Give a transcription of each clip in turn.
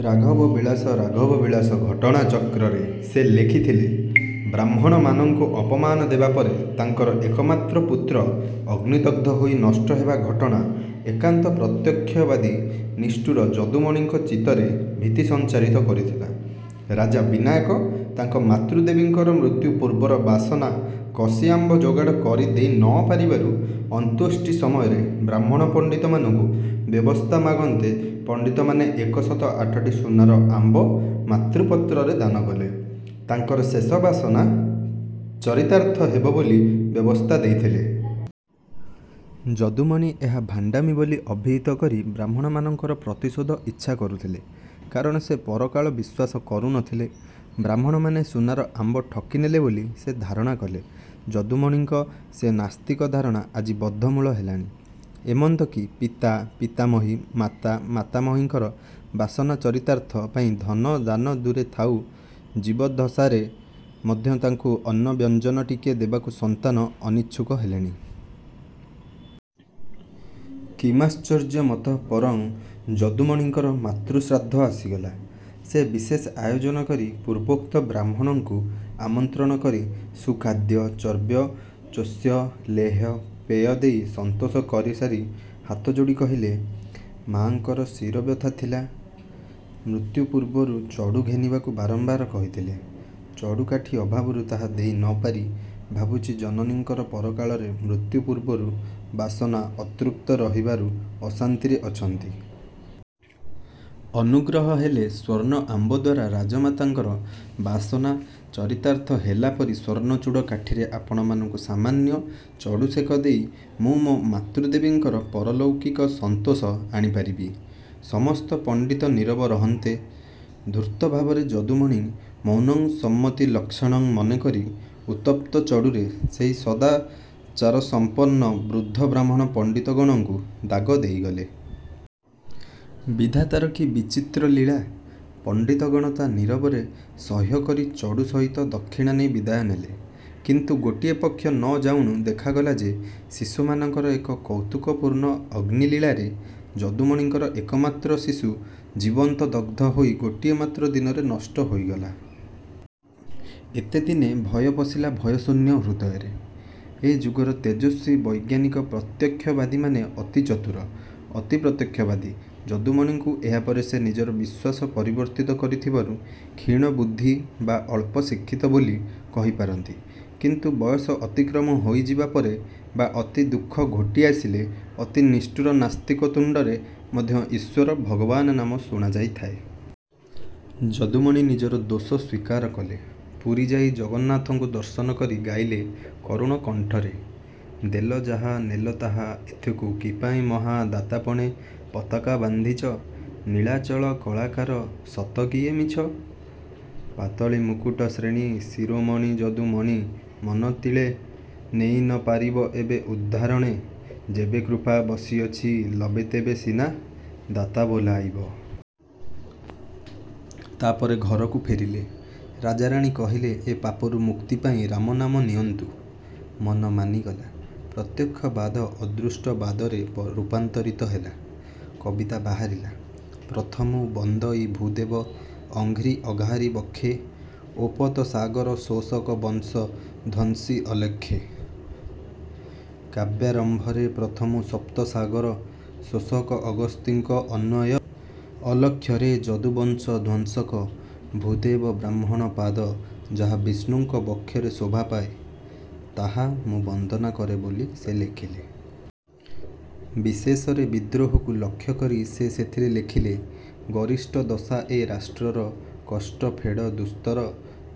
" ରାଘବ ବିଳାସ ରାଘବ ବିଳାସ ଘଟଣାଚକ୍ରରେ ସେ ଲେଖିଥିଲେ। ବ୍ରାହ୍ମଣମାନଙ୍କୁ ଅପମାନ ଦେବା ପରେ ତାଙ୍କର ଏକମାତ୍ର ପୁତ୍ର ଅଗ୍ନିଦଗ୍ଧ ହୋଇ ନଷ୍ଟହେବା ଘଟଣା ଏକାନ୍ତ ପ୍ରତ୍ୟକ୍ଷବାଦୀ ନିଷ୍ଠୁର ଯଦୁମଣିଙ୍କ ଚିତ୍ତରେ ଭୀତି ସଂଚାରିତ କରିଥିଲା। ରାଜା ବିନାୟକ ତାଙ୍କ ମାତୃଦେବୀଙ୍କର ମୃତ୍ୟୁପୂର୍ବର ବାସନା କଷିଆମ୍ବ ଯୋଗାଡ଼ କରିଦେଇ ନ ପାରିବାରୁ ଅନ୍ତ୍ୟେଷ୍ଟି ସମୟରେ ବ୍ରାହ୍ମଣ ପଣ୍ଡିତମାନଙ୍କୁ ବ୍ୟବସ୍ଥା ମାଗନ୍ତେ ପଣ୍ଡିତ ମାନେ ଏକଶତ ଆଠଟି ସୁନାର ଆମ୍ବ ମାତୃପତ୍ରରେ ଦାନକଲେ ତାଙ୍କର ଶେଷ ବାସନା ଚରିତାର୍ଥ ହେବ ବୋଲି ବ୍ୟବସ୍ଥା ଦେଇଥିଲେ। ଯଦୁମଣି ଏହା ଭଣ୍ଡାମି ବୋଲି ଅଭିହିତ କରି ବ୍ରାହ୍ମଣମାନଙ୍କର ପ୍ରତିଶୋଧ ଇଚ୍ଛା କରୁଥିଲେ। କାରଣ ସେ ପରକାଳ ବିଶ୍ୱାସ କରୁ ନ ଥିଲେ। ବ୍ରାହ୍ମଣମାନେ ସୁନାର ଆମ୍ବ ଠକିନେଲେ ବୋଲି ସେ ଧାରଣା କଲେ। ଯଦୁମଣିଙ୍କ ସେ ନାସ୍ତିକ ଧାରଣା ଆଜି ବଦ୍ଧମୂଳ ହେଲାଣି। ଏମନ୍ତ କି ପିତା, ପିତାମହୀ, ମାତା, ମାତାମହୀଙ୍କର ବାସନା ଚରିତାର୍ଥ ପାଇଁ ଧନ ଦାନ ଦୂରେ ଥାଉ ଜୀବଦ୍ଦଶାରେ ମଧ୍ୟ ତାଙ୍କୁ ଅନ୍ନବ୍ୟଞ୍ଜନ ଟିକିଏ ଦେବାକୁ ସନ୍ତାନ ଅନିଚ୍ଛୁକ ହେଲେଣି। କିମାଶ୍ଚର୍ଯ୍ୟମତଃ ପରଂ। ଯଦୁମଣିଙ୍କର ମାତୃଶ୍ରାଦ୍ଧ ଆସିଗଲା। ସେ ବିଶେଷ ଆୟୋଜନ କରି ପୂର୍ବୋକ୍ତ ବ୍ରାହ୍ମଣଙ୍କୁ ଆମନ୍ତ୍ରଣ କରି ସୁଖାଦ୍ୟ ଚର୍ବ୍ୟ, ଚୋଷ୍ୟ, ଲେହ୍ୟ, ପେୟ ଦେଇ ସନ୍ତୋଷ କରିସାରି ହାତଯୋଡ଼ି କହିଲେ,- ''ମାଆଙ୍କର ଶିରବ୍ୟଥା ଥିଲା। ମୃତ୍ୟୁ ପୂର୍ବରୁ ଚଡ଼ୁ ଘେନିବାକୁ ବାରମ୍ବାର କହିଥିଲେ। ଚଡ଼ୁକାଠି ଅଭାବରୁ ତାହା ଦେଇ ନପାରି ଭାବୁଛି ଜନନୀଙ୍କର ପରକାଳରେ ମୃତ୍ୟୁପୂର୍ବରୁ ବାସନା ଅତୃପ୍ତ ରହିବାରୁ ଅଶାନ୍ତିରେ ଅଛନ୍ତି। ଅନୁଗ୍ରହ ହେଲେ ସ୍ୱର୍ଣ୍ଣ ଆମ୍ବଦ୍ୱାରା ରାଜମାତାଙ୍କର ବାସନା ଚରିତାର୍ଥ ହେଲା ପରି ସ୍ୱର୍ଣ୍ଣଚୂଡ଼ କାଠିରେ ଆପଣମାନଙ୍କୁ ସାମାନ୍ୟ ଚଡ଼ୁସେକ ଦେଇ ମୁଁ ମୋ ମାତୃଦେବୀଙ୍କର ପାରଲୌକିକ ସନ୍ତୋଷ ଆଣିପାରିବି। " ସମସ୍ତ ପଣ୍ଡିତ ନୀରବ ରହନ୍ତେ, ଧୂର୍ତ୍ତ ଭାବରେ ଯଦୁମଣି ମୌନଂ ସମ୍ମତି ଲକ୍ଷଣଂ ମନେକରି ଉତ୍ତପ୍ତ ଚଡ଼ୁରେ ସେହି ସଦାଚାରସଂପନ୍ନ ବୃଦ୍ଧ ବ୍ରାହ୍ମଣ ପଣ୍ଡିତ ଗଣଙ୍କୁ ଦାଗ ଦେଇଗଲେ-। ବିଧାତାର କି ବିଚିତ୍ର ଲୀଳା! ପଣ୍ଡିତଗଣ ତା ନୀରବରେ ସହ୍ୟକରି ଚଡ଼ୁ ସହିତ ଦକ୍ଷିଣା ନେଇ ବିଦାୟ ନେଲେ। କିନ୍ତୁ ଗୋଟିଏ ପକ୍ଷ ନଯାଉଣୁ ଦେଖାଗଲା ଯେ ଶିଶୁମାନଙ୍କର ଏକ କୌତୁକପୂର୍ଣ୍ଣ ଅଗ୍ନିଲୀଳାରେ ଯଦୁମଣିଙ୍କର ଏକମାତ୍ର ଶିଶୁ ଜୀବନ୍ତ ଦଗ୍ଧ ହୋଇ ଗୋଟିଏ ମାତ୍ର ଦିନରେ ନଷ୍ଟ ହୋଇଗଲା। ଏତେଦିନେ ଭୟ ପଶିଲା ଭୟଶୂନ୍ୟ ହୃଦୟରେ। ଏ ଯୁଗର ତେଜସ୍ୱୀ ବୈଜ୍ଞାନିକ ପ୍ରତ୍ୟକ୍ଷବାଦୀମାନେ ଅତି ଚତୁର, ଅତି ପ୍ରତ୍ୟକ୍ଷବାଦୀ ଯଦୁମଣିଙ୍କୁ ଏହାପରେ ସେ ନିଜର ବିଶ୍ୱାସ ପରିବର୍ତ୍ତିତ କରିଥିବାରୁ କ୍ଷୀଣ ବୁଦ୍ଧି ବା ଅଳ୍ପଶିକ୍ଷିତ ବୋଲି କହିପାରନ୍ତି। କିନ୍ତୁ ବୟସ ଅତିକ୍ରମ ହୋଇଯିବା ପରେ ବା ଅତି ଦୁଃଖ ଘୋଟିଆସିଲେ ଅତି ନିଷ୍ଠୁର ନାସ୍ତିକ ତୁଣ୍ଡରେ ମଧ୍ୟ ଈଶ୍ୱର ଭଗବାନ ନାମ ଶୁଣାଯାଇଥାଏ। ଯଦୁମଣି ନିଜର ଦୋଷ ସ୍ୱୀକାର କଲେ। ପୁରୀ ଯାଇ ଜଗନ୍ନାଥଙ୍କୁ ଦର୍ଶନ କରି ଗାଇଲେ କରୁଣ କଣ୍ଠରେ- ଦେଲ ଯାହା ନେଲ ତାହା, ଏଥିକୁ କିପାଇଁ ମହା ଦାତାପଣେ ପତାକା ବାନ୍ଧିଛ? ନୀଳାଚଳ କଳାକାର, ସତ କି ଏ ମିଛ? ପାତଳୀ ମୁକୁଟ ଶ୍ରେଣୀଶିରୋମଣୀ ଯଦୁମଣି ମନ ତିଳେ ନେଇ ନ ପାରିବ ଏବେ ଉଦ୍ଧାରଣେ ଯେବେକୃପା ବସିଅଛି ଲବେ ତେବେ ସିନା ଦାତା ବୋଲାଇବ। ତାପରେ ଘରକୁ ଫେରିଲେ। ରାଜାରାଣୀ କହିଲେ, ଏ ପାପରୁ ମୁକ୍ତି ପାଇଁ ରାମ ନାମ ନିଅନ୍ତୁ। ମନ ମାନିଗଲା। ପ୍ରତ୍ୟକ୍ଷବାଦ ଅଦୃଷ୍ଟବାଦରେ ରୂପାନ୍ତରିତ ହେଲା। କବିତା ବାହାରିଲା- ପ୍ରଥମୁଁ ବନ୍ଦଇ ଭୂଦେବ ଅଂଘ୍ରି ଅଘାରି ବକ୍ଷେ ଓପତ ସାଗର ଶୋଷକ ବଂଶ ଧ୍ୱଂସି ଅଲକ୍ଷେ। କାବ୍ୟାରମ୍ଭରେ ପ୍ରଥମୁଁ ସପ୍ତସାଗର ଶୋଷକ ଅଗସ୍ତିଙ୍କ ଅନ୍ୱୟ, ଅଲକ୍ଷରେ ଯଦୁବଂଶଧ୍ୱଂସକ ଭୂଦେବବ୍ରାହ୍ମଣ ପାଦ ଯାହା ବିଷ୍ଣୁଙ୍କ ବକ୍ଷରେ ଶୋଭାପାଏ, ତାହା ମୁଁ ବନ୍ଦନା କରେ ବୋଲି ସେ ଲେଖିଲେ। ବିଶେଷରେ ବିଦ୍ରୋହକୁ ଲକ୍ଷ୍ୟକରି ସେ ସେଥିରେ ଲେଖିଲେ- ଗରିଷ୍ଠ ଦଶା ଏ ରାଷ୍ଟ୍ର ର କଷ୍ଟ ଫେଡ଼ ଦୁସ୍ତର,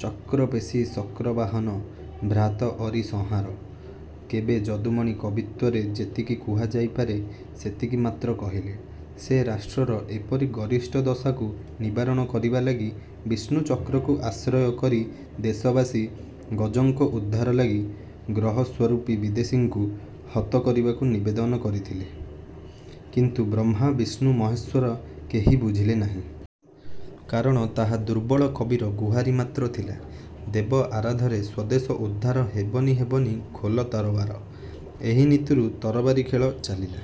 ଚକ୍ରପେଷି ଶକ୍ରବାହନ ଭ୍ରାତ ଅରି ସଂହାର। କବି ଯଦୁମଣି କବିତ୍ୱରେ ଯେତିକି କୁହାଯାଇପାରେ ସେତିକି ମାତ୍ର କହିଲେ। ସେ ରାଷ୍ଟ୍ରର ଏପରି ଗରିଷ୍ଠ ଦଶାକୁ ନିବାରଣ କରିବା ଲାଗି ବିଷ୍ଣୁଚକ୍ରକୁ ଆଶ୍ରୟ କରିଦେଶବାସୀ ଗଜଙ୍କ ଉଦ୍ଧାର ଲାଗି ଗ୍ରହସ୍ୱରୂପୀ ବିଦେଶୀଙ୍କୁ ହତ କରିବାକୁ ନିବେଦନ କରିଥିଲେ, କିନ୍ତୁ ବ୍ରହ୍ମା, ବିଷ୍ଣୁ, ମହେଶ୍ୱର କେହି ବୁଝିଲେ ନାହିଁ। କାରଣ ତାହା ଦୁର୍ବଳ କବିର ଗୁହାରି ମାତ୍ର ଥିଲା। ଦେବ ଆରାଧରେ ସ୍ୱଦେଶ ଉଦ୍ଧାର ହେବନି ହେବନି ଖୋଲ ତରବାର। ଏହି ନୀତିରୁ ତରବାରୀ ଖେଳ ଚାଲିଲା।